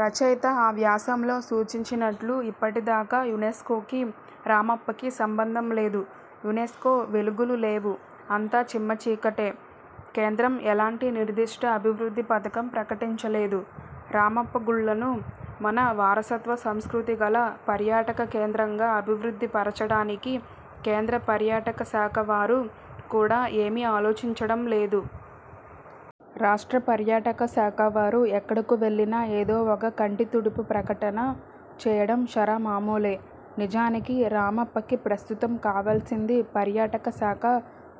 రచయిత ఆ వ్యాసంలో సూచించినట్లు ఇప్పటిదాకా యునెస్కోకి రామప్పకి సంబంధం లేదు. యునెస్కో వెలుగులు లేవు. అంతా చిమ్మచీకటే. కేంద్రం ఎలాంటి నిర్దిష్ట అభివృద్ధి పథకం ప్రకటించలేదు. 'రామప్పగుళ్ళను మన వారసత్వ సంస్కృతిగల పర్యాటక కేంద్రంగా అభివృద్ధి పరచడానికి' కేంద్ర పర్యాటక శాఖవారు కూడా ఏమీ ఆలోచించడం లేదు. రాష్ట్ర పర్యాటక శాఖవారు ఎక్కడకు వెళ్ళినా ఏదో ఒక కంటి తుడుపు ప్రకటన చేయడం షరామామూలే. నిజానికి రామప్పకి ప్రస్తుతం కావలిసింది పర్యాటకశాఖ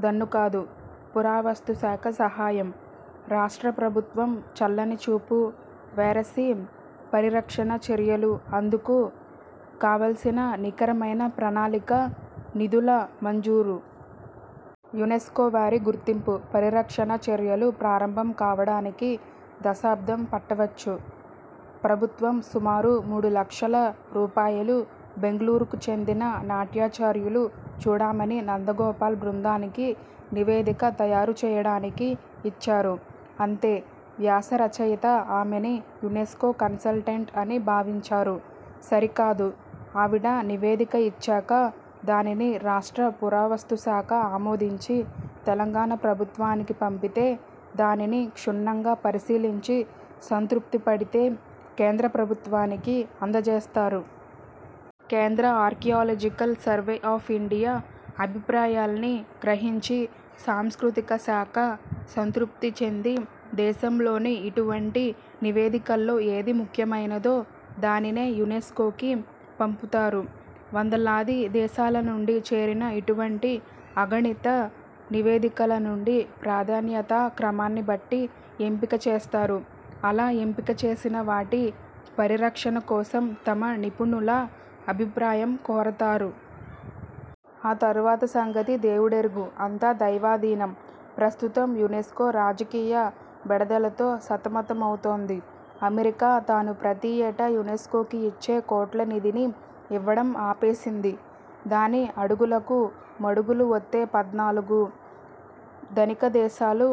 దన్నుకాదు. పురావస్తుశాఖ సహాయం. రాష్ట్ర ప్రభుత్వం చల్లని చూపు. వెరసి పరిరక్షణ చర్యలు. అందుకు కావలసిన నికరమైన ప్రణాళిక. నిధుల మంజూరు. యునెస్కోవారి గుర్తింపు, పరిరక్షణ చర్యలు ప్రారంభం కావడానికి దశాబ్దం పట్టవచ్చు. ప్రభుత్వం సుమారు మూడులక్షల రూపాయలు బెంగళూరుకుచెందిన నాట్యాచార్యులు చూడామణీ నందగోపాల్ బృందానికి నివేదిక తయారుచేయడానికి ఇచ్చారు. అంతే. వ్యాస రచయిత ఆమెని 'యునెస్కో కన్సల్టెంట్' అని భావించారు. సరికాదు. ఆవిడ నివేదిక ఇచ్చాక, దానిని రాష్ట్ర పురావస్తుశాఖ ఆమోదించి, తెలంగాణ ప్రభుత్వానికి పంపితే, దానిని క్షుణ్ణంగా పరిశీలించి సంతృప్తిపడితే, కేంద్రప్రభుత్వానికి అందజేస్తారు. కేంద్ర ఆర్కియలాజికల్ సర్వే ఆఫ్ ఇండియా అభిప్రాయాల్ని గ్రహించి, సాంస్కృతికశాఖ సంతృప్తిచెంది, దేశంలోని ఇటువంటి నివేదికల్లో ఏది ముఖ్యమైనదో దానినే యునెస్కోకి పంపుతారు. వందలాది దేశాలనుండి చేరిన ఇటువంటి అగణిత నివేదికలనుండి ప్రాధాన్యతాక్రమాన్నిబట్టి ఎంపిక చేస్తారు. అలా ఎంపిక చేసినవాటి పరిరక్షణకోసం తమ నిపుణుల అభిప్రాయం కోరతారు. ఆ తరువాత సంగతి దేవుడెరుగు. అంతా దైవాధీనం! ప్రస్తుతం యునెస్కో రాజకీయ బెడదలతో సతమతమవుతోంది. అమెరికా తాను ప్రతీ ఏటా యునెస్కోకి ఇచ్చే కోట్ల నిధిని ఇవ్వడం ఆపేసింది. దాని అడుగులకి మడుగులు ఒత్తే పద్నాలుగు ధనికదేశాలు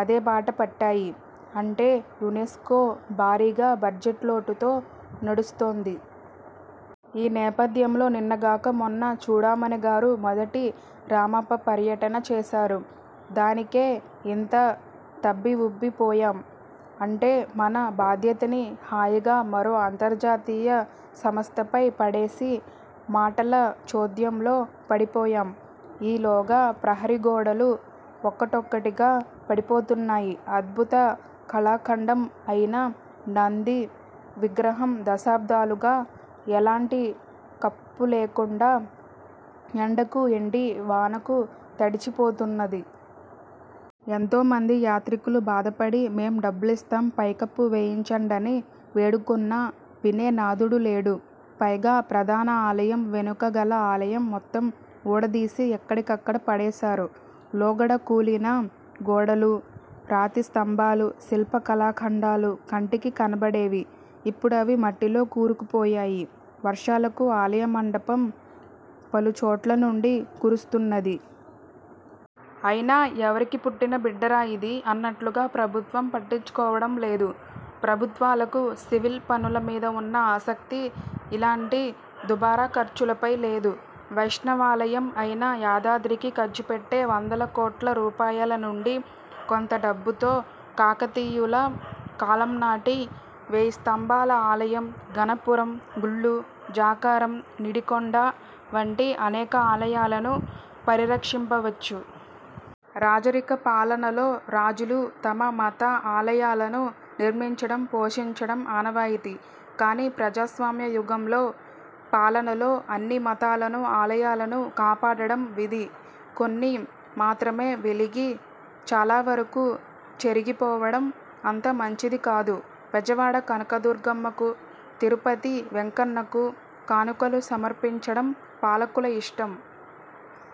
అదేబాటపట్టాయి. అంటే, యునెస్కో భారీగా బడ్జెట్లోటుతో నడుస్తోంది. ఈ నేపథ్యంలో నిన్నగాక మొన్న చూడామణిగారు మొదటి రామప్ప పర్యటన చేశారు. దానికే ఇంత తబ్బి ఉబ్బిపొయ్యాం. అంటే మన బాధ్యతని హాయిగా మరో అంతర్జాతీయ సంస్థపై పడేసి మాటల చోద్యంలో పడిపోయాం. ఈ లోగా ప్రహారీ గోడలు ఒక్కటొక్కటిగా పడిపోతున్నాయి. అద్భుత కళాఖండం అయిన నంది విగ్రహం దశాబ్దాలుగా ఎలాంటి కప్పులేకుండా ఎండకు ఎండి, వానకు తడిచిపోతున్నది. ఎంతోమంది యాత్రికులు బాధపడి మేం డబ్బులిస్తాం పైకప్పు వేయించండని వేడుకున్నా వినే నాధుడు లేడు. పైగా ప్రధాన ఆలయం వెనుక గల ఆలయం మొత్తం ఊడదీసి ఎక్కడికక్కడ పడేశారు. లోగడ కూలిన గోడలు, రాతిస్తంభాలు, శిల్పకళాఖండాలు కంటికి కనబడేవి. ఇప్పుడవి మట్టిలో కూరుకుపోయాయి. వర్షాలకు ఆలయమంటపం పలుచోట్లనుండి కురుస్తున్నది. ఐనా, ఎవరికిపుట్టిన బిడ్డరా ఇది అన్నట్లుగా ప్రభుత్వం పట్టించుకోవడం లేదు. ప్రభుత్వాలకు సివిల్ పనుల మీద ఉన్న 'ఆసక్తి' ఇలాంటి దుబారా ఖర్చులపై లేదు. వైష్ణవాలయం అయిన యాదాద్రికి ఖర్చుపెట్టే వందల కోట్ల రూపాయల నుండి కొంత డబ్బుతో కాకతీయుల కాలంనాటి వేయిస్తంభాల ఆలయం, గణపురం గుళ్ళు, జాకారం, నిడికొండ వంటి అనేక ఆలయాలను పరిరక్షింపవచ్చు. రాజరిక పాలనలో రాజులు తమ మత ఆలయాలను నిర్మించడం పోషించడం ఆనవాయితీ. కాని, ప్రజాస్వామ్యయుగంలో, పాలనలో, అన్ని మతాలను, ఆలయాలను కాపాడడం విధి. కొన్ని మాత్రమే వెలిగి, చాలావరకు చెరిగిపోవడం అంత మంచిది కాదు. బెజవాడ కనకదుర్గమ్మకు, తిరుపతి వెంకన్నకు కానుకలు సమర్పించడం పాలకుల ఇష్టం.